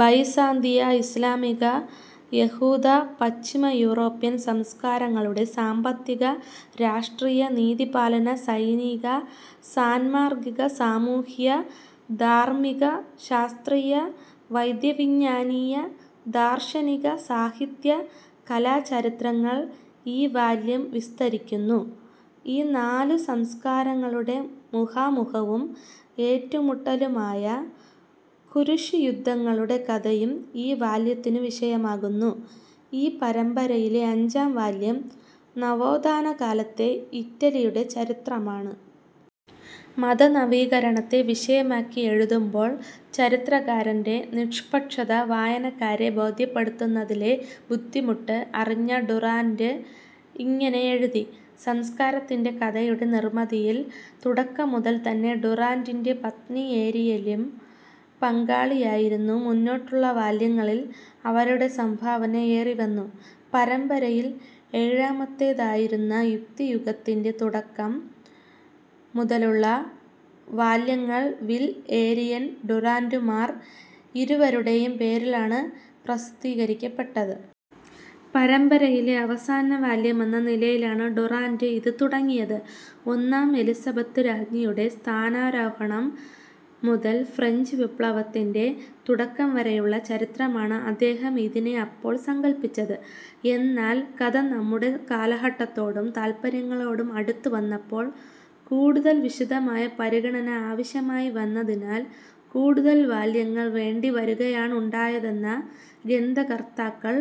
ബൈസാന്തിയ, ഇസ്ലാമിക, യഹൂദ, പശ്ചിമയൂറോപ്യൻ സംസ്കാരങ്ങളുടെ സാമ്പത്തിക, രാഷ്ട്രീയ, നീതിപാലന, സൈനിക, സാന്മാർഗ്ഗിക, സാമൂഹ്യ, ധാർമ്മിക, ശാസ്ത്രീയ, വൈദ്യവിജ്ഞാനീയ, ദാർശനിക, സാഹിത്യ, കലാ ചരിത്രങ്ങൾ ഈ വാല്യം വിസ്തരിക്കുന്നു. ഈ നാലു സംസ്കാരങ്ങളുടെ മുഖാമുഖവും ഏറ്റുമുട്ടലുമായ കുരിശുയുദ്ധങ്ങളുടെ കഥയും ഈ വാല്യത്തിനു വിഷയമാകുന്നു. ഈ പരമ്പരയിലെ അഞ്ചാം വാല്യം നവോത്ഥാനകാലത്തെ ഇറ്റലിയുടെ ചരിത്രമാണ്. മതനവീകരണത്തെ വിഷയമാക്കി എഴുതുമ്പോൾ ചരിത്രകാരന്റെ നിഷ്പക്ഷത വായനക്കാരെ ബോദ്ധ്യപ്പെടുത്തുന്നതിലെ ബുദ്ധിമുട്ട് അറിഞ്ഞ ഡുറാന്റ് ഇങ്ങനെ എഴുതി:- സംസ്കാരത്തിന്റെ കഥയുടെ നിർമ്മിതിയിൽ തുടക്കം മുതൽ തന്നെ ഡുറാന്റിന്റെ പത്നി ഏരിയലും പങ്കാളിയായിരുന്നു. മുന്നോട്ടുള്ള വാല്യങ്ങളിൽ അവരുടെ സംഭാവന ഏറി വന്നു. പരമ്പരയിൽ ഏഴാമത്തേതായിരുന്ന "യുക്തിയുഗത്തിന്റെ തുടക്കം" മുതലുള്ള വാല്യങ്ങൾ വിൽ, ഏരിയൽ ഡുറാന്റുമാർ ഇരുവരുടേയും പേരിലാണ് പ്രസിദ്ധീകരിക്കപ്പെട്ടത്. പരമ്പരയിലെ അവസാനവാല്യമെന്ന നിലയിലാണ് ഡുറാന്റ് ഇത് തുടങ്ങിയത്. ഒന്നാം എലിസബത്തു രാജ്ഞിയുടെ സ്ഥാനാരോഹണം മുതൽ ഫ്രഞ്ചു വിപ്ലവത്തിന്റെ തുടക്കം വരെയുള്ള ചരിത്രമായാണ് അദ്ദേഹം ഇതിനെ അപ്പോൾ സങ്കല്പിച്ചത്. എന്നാൽ കഥ നമ്മുടെ കാലഘട്ടത്തോടും താത്പര്യങ്ങളോടും അടുത്തു വന്നപ്പോൾ, കൂടുതൽ വിശദമായ പരിഗണന ആവശ്യമായി വന്നതിനാൽ കൂടുതൽ വാല്യങ്ങൾ വേണ്ടി വരുകയാണുണ്ടായതെന്ന ഗന്ഥകർത്താക്കൾ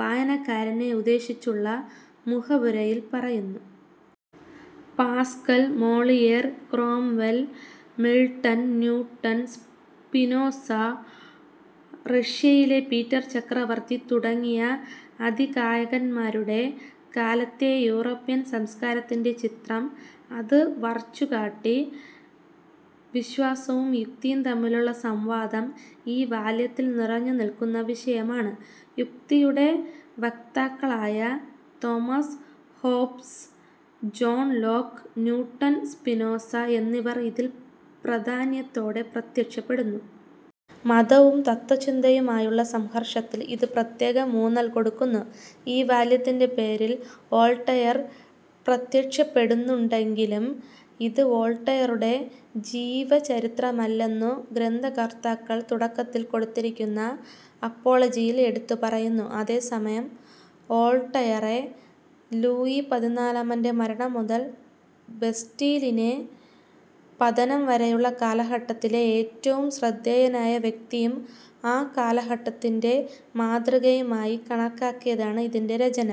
"വായനക്കാരനെ" ഉദ്ദേശിച്ചുള്ള മുഖവുരയിൽ പറയുന്നു. Pascal, Moliere, Cromwell, Milton, Newton, Spinoza, റഷ്യയിലെ പീറ്റർ ചക്രവർത്തി തുടങ്ങിയ അതികായന്മാരുടെ കാലത്തെ യൂറോപ്യൻ സംസ്കാരത്തിന്റെ ചിത്രം അത് വർച്ചുകാട്ടി. വിശ്വാസവും യുക്തിയും തമ്മിലുള്ള സംവാദം ഈ വാല്യത്തിൽ നിറഞ്ഞു നിൽക്കുന്ന വിഷയമാണ്. യുക്തിയുടെ വക്താക്കളായ Thomas Hobbes, John Locke, Newton, Spinoza എന്നിവർ ഇതിൽ പ്രാധാന്യത്തോടെ പ്രത്യക്ഷപ്പെടുന്നു. മതവും തത്ത്വചിന്തയുമായുള്ള സംഘർഷത്തിൽ ഇത് പ്രത്യേകം ഊന്നൽ കൊടുക്കുന്നു. ഈ വാല്യത്തിന്റെ പേരിൽ വോൾട്ടയർ പ്രത്യക്ഷപ്പെടുന്നുണ്ടെങ്കിലും, ഇത് വോൾട്ടയറുടെ ജീവചരിത്രമല്ലെന്നു ഗ്രന്ഥകർത്താക്കൾ തുടക്കത്തിൽ കൊടുത്തിരിക്കുന്ന "അപ്പോളജി"-യിൽ എടുത്തു പറയുന്നു. അതേസമയം വോൾട്ടയറെ, ലൂയി പതിനാലാമന്റെ മരണം മുതൽ ബസ്റ്റീലിന്റെ പതനം വരെയുള്ള കാലഘട്ടത്തിലെ ഏറ്റവും ശ്രദ്ധേയനായ വ്യക്തിയും ആ കാലഘട്ടത്തിന്റെ മാതൃകയും ആയി കണക്കാക്കിയാണ് ഇതിന്റെ രചന.